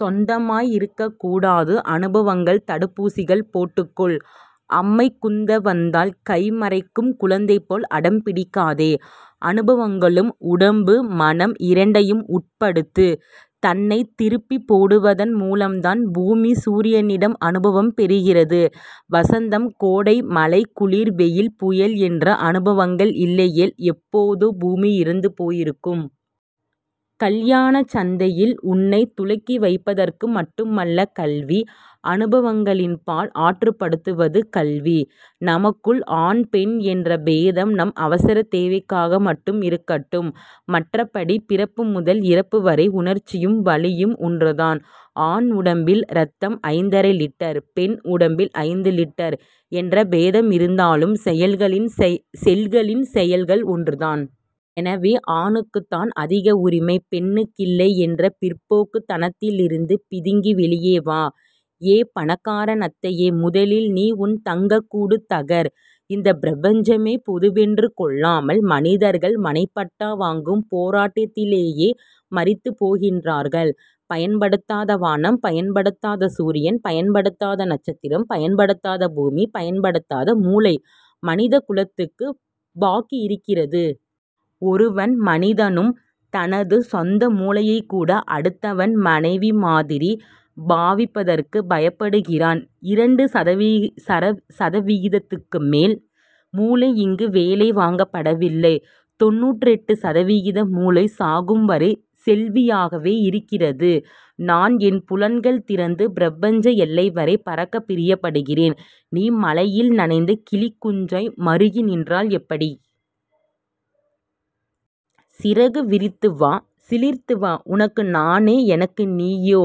சொந்தமாய் இருக்கக்கூடாது. அனுபவங்கள் தடுப்பூசிகள். போட்டுக்கொள். அம்மைகுத்த வந்தால் கைமறைக்கும் குழந்தைபோல் அடம்பிடிக்காதே. அனுபவங்களுக்கு உடம்பு, மனம் இரண்டையும் உட்படுத்து. தன்னைத் திருப்பிப் போடுவதன் முலம்தான் பூமி சூரியனிடம் அனுபவம் பெறுகிறது. வசந்தம் கோடை மழை குளிர் வெயில் புயல் என்ற அனுபவங்கள் இல்லையேல் எப்போதோ பூமி இறந்துபோயிருக்கும். கல்யாணச் சந்தையில் உன்னைத் துலக்கிவைப்பதற்கு மட்டுமல்ல கல்வி. அனுபவங்களின்பால் ஆற்றுப்படுத்துவது கல்வி. நமக்குள் ஆண் பெண் என்ற பேதம் நம் அவசரத்தேவைக்காக மட்டும் இருக்கட்டும். மற்றபடி பிறப்புமுதல் இறப்புவரை உணர்ச்சியும் வலியும் ஒன்றுதான். ஆண் உடம்பில் ரத்தம் ஐந்தரை லிட்டர். பெண் உடம்பில் ஐந்து லிட்டர் என்ற பேதமிருந்தாலும் செல்களின் செயல்கள் ஒன்றுதான். எனவே ஆணுக்குத்தான் அதிக உரிமை. பெண்ணுக்கில்லை என்ற பிற்போக்குத்தனத்திலிருந்து பிதுங்கி வெளியே வா. ஏ பணக்கார நத்தையே. முதலில் நீ உன் தங்கக்கூடு தகர். இந்தப் பிரபஞ்சமே பொதுவென்று கொள்ளாமல் மனிதர்கள் மனைப்பட்டா வாங்கும் போராட்டத்திலேயே மரித்துப்போகிறார்கள். பயன்படுத்தாத வானம் பயன்படுத்தாத சூரியன் பயன்படுத்தாத நட்சத்திரம் பயன்படுத்தாத பூமி பயன்படுத்தாத முளை மனிதகுலத்துக்குப் பாக்கியிருக்கிறது. ஒவ்வொரு மனிதனும் தனது சொந்த முளையைக்கூட அடுத்தவன் மனைவிமாதிரி பாவிப்பதற்குப் பயப்படுகிறான். இரண்டு சதவிகிதத்துக்குமேல் முளை இங்கே வேலை வாங்கப்படவில்லை. தொண்ணூற்றெட்டு சதவிகித முளை சாகும்வரை செல்வியாகவே இருக்கிறது. நான் என் புலன்கள் திறந்து பிரபஞ்ச எல்லைவரை பறக்கப் பிரியப்படுகிறேன். நீ மழையில் நனைந்த கிளிக்குஞ்சாய் மறுகிநின்றால் எப்படி? சிறகு விரித்து வா. சிலிர்த்து வா. உனக்கு நானோ எனக்கு நீயோ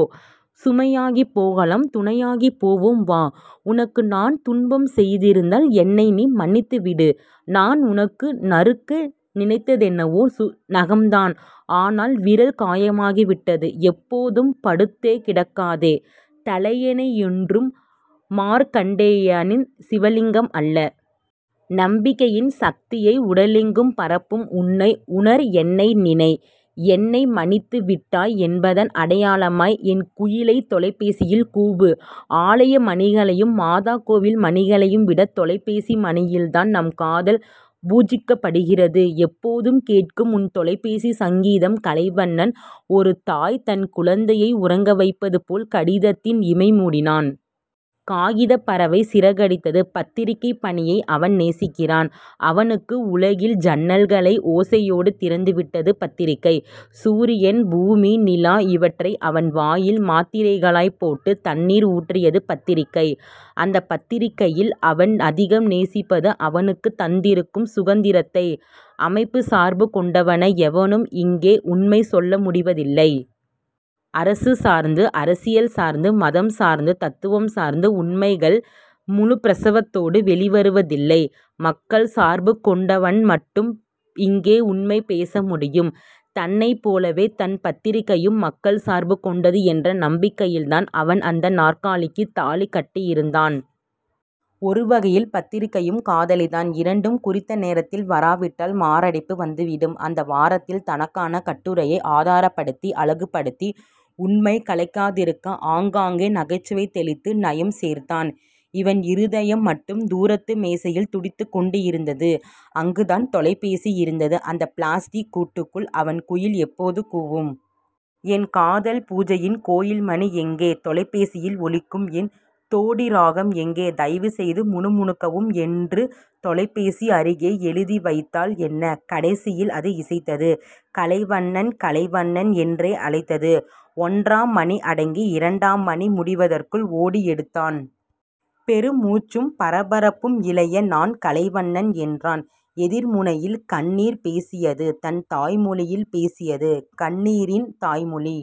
சுமையாகிப் போகாமல் துணையாகிப் போவோம் வா. உனக்கு நான் துன்பம் செய்திருந்தால் என்னை நீ மன்னித்துவிடு நான் உனக்கு நறுக்க நினைத்தென்னவோ நகம்தான். ஆனால், விரல் காயமாகிவிட்டது. எப்போதும் படுத்தே கிடக்காதே. தலையணையொன்றும் மார்க்கண்டேயனின் சிவலிங்கம் அல்ல. நம்பிக்கையின் சக்தியை உடலெங்கும் பரப்பு உன்னை உணர் என்னை நினை. என்னை மன்னித்துவிட்டாய் என்பதன் அடையாளமாய் என் குயிலே தொலைபேசியில் கூவு. ஆலயமணிகளையும் மாதாகோயில் மணிகளையும் விட தொலைபேசி மணியில்தான் நம் காதல் பூஜிக்கப்படுகிறது. எப்போது கேட்கும் உன் தொலைபேசிச் சங்கீதம்? கலைவண்ணன் ஒருதாய் தன் குழந்தையை உறங்கவைப்பது போல் கடிதத்தின் இமை முடினான். காகிதப் பறவை சிறகடித்தது. பத்திரிகைப் பணியை அவன் நேசிக்கிறான். அவனுக்கு உலகின் ஜன்னல்களை ஓசையோடு திறந்துவிட்டது பத்திரிகை. சூரியன் பூமி நிலா இவற்றை அவன் வாயில் மாத்திரைகளாய்ப் போட்டு தண்ணீர் ஊற்றியது பத்திரிகை. அந்தப் பத்திரிகையில் அவன் அதிகம் நேசிப்பது அவனுக்குத் தந்திருக்கும் சுதந்திரத்தை. அமைப்புச் சார்புகொண்டவன் எவனும் இங்கே உண்மை சொல்லமுடிவதில்லை. அரசு சார்ந்து அரசியல் சார்ந்து மதம் சார்ந்து தத்துவம் சார்ந்து உண்மைகள் முழுப்பிரசவத்தோடு வெளிவருவதில்லை. மக்கள் சார்பு கொண்டவன் மட்டுமே இங்கே உண்மை பேச முடியும். தன்னைப் போலவே தன் பத்திரிகையும் மக்கள் சார்பு கொண்டது என்ற நம்பிக்கையில்தான் அவன் அந்த நாற்காலிக்குத் தாலிக் கட்டியிருந்தான். ஒருவகையில் பத்திரிகையும் காதலிதான். இரண்டும் குறித்த நேரத்தில் வராவிட்டால் மாரடைப்பு வந்துவிடும். அந்த வாரத்தில் தனக்கான கட்டுரையை ஆதாரப்படுத்தி அழகுபடுத்தி உண்மை களைக்காதிருக்க அங்காங்கே நகைச்சுவை தெளித்து நயம் சேர்த்தான். அவன் இருதயம் மட்டும் தூரத்து மேஜையில் துடித்துக் கொண்டிருந்தது. அங்குதான் தொலைபேசி இருந்தது. அந்த பிளாஸடிக் கூட்டுக்குள் அவன் குயில் எப்போது கூவும்? என் காதல் பூஜையின் கோயில்மணி எங்கே? தொலைபேசியில் ஒலிக்கும் என் தோடி ராகம் எங்கே? தயவுசெய்து முணுமுணுக்கவும் என்று தொலைபேசி அருகே எழுதிவைத்தால் என்ன? கடைசியில் அது இசைத்தது கலைவண்ணன் கலைவண்ணன் என்றே அழைத்தது. ஒன்றாம் மணி அடங்கி இரண்டாம் மணி முடிவதற்குள் ஓடி எடுத்தான். பெருமுச்சும் பரபரப்பும் இழைய நான் கலைவண்ணன் என்றான். எதிர்முனையில் கண்ணீர் பேசியது தன் தாய்மொழியில் பேசியது. கண்ணீரின் தாய்மொழி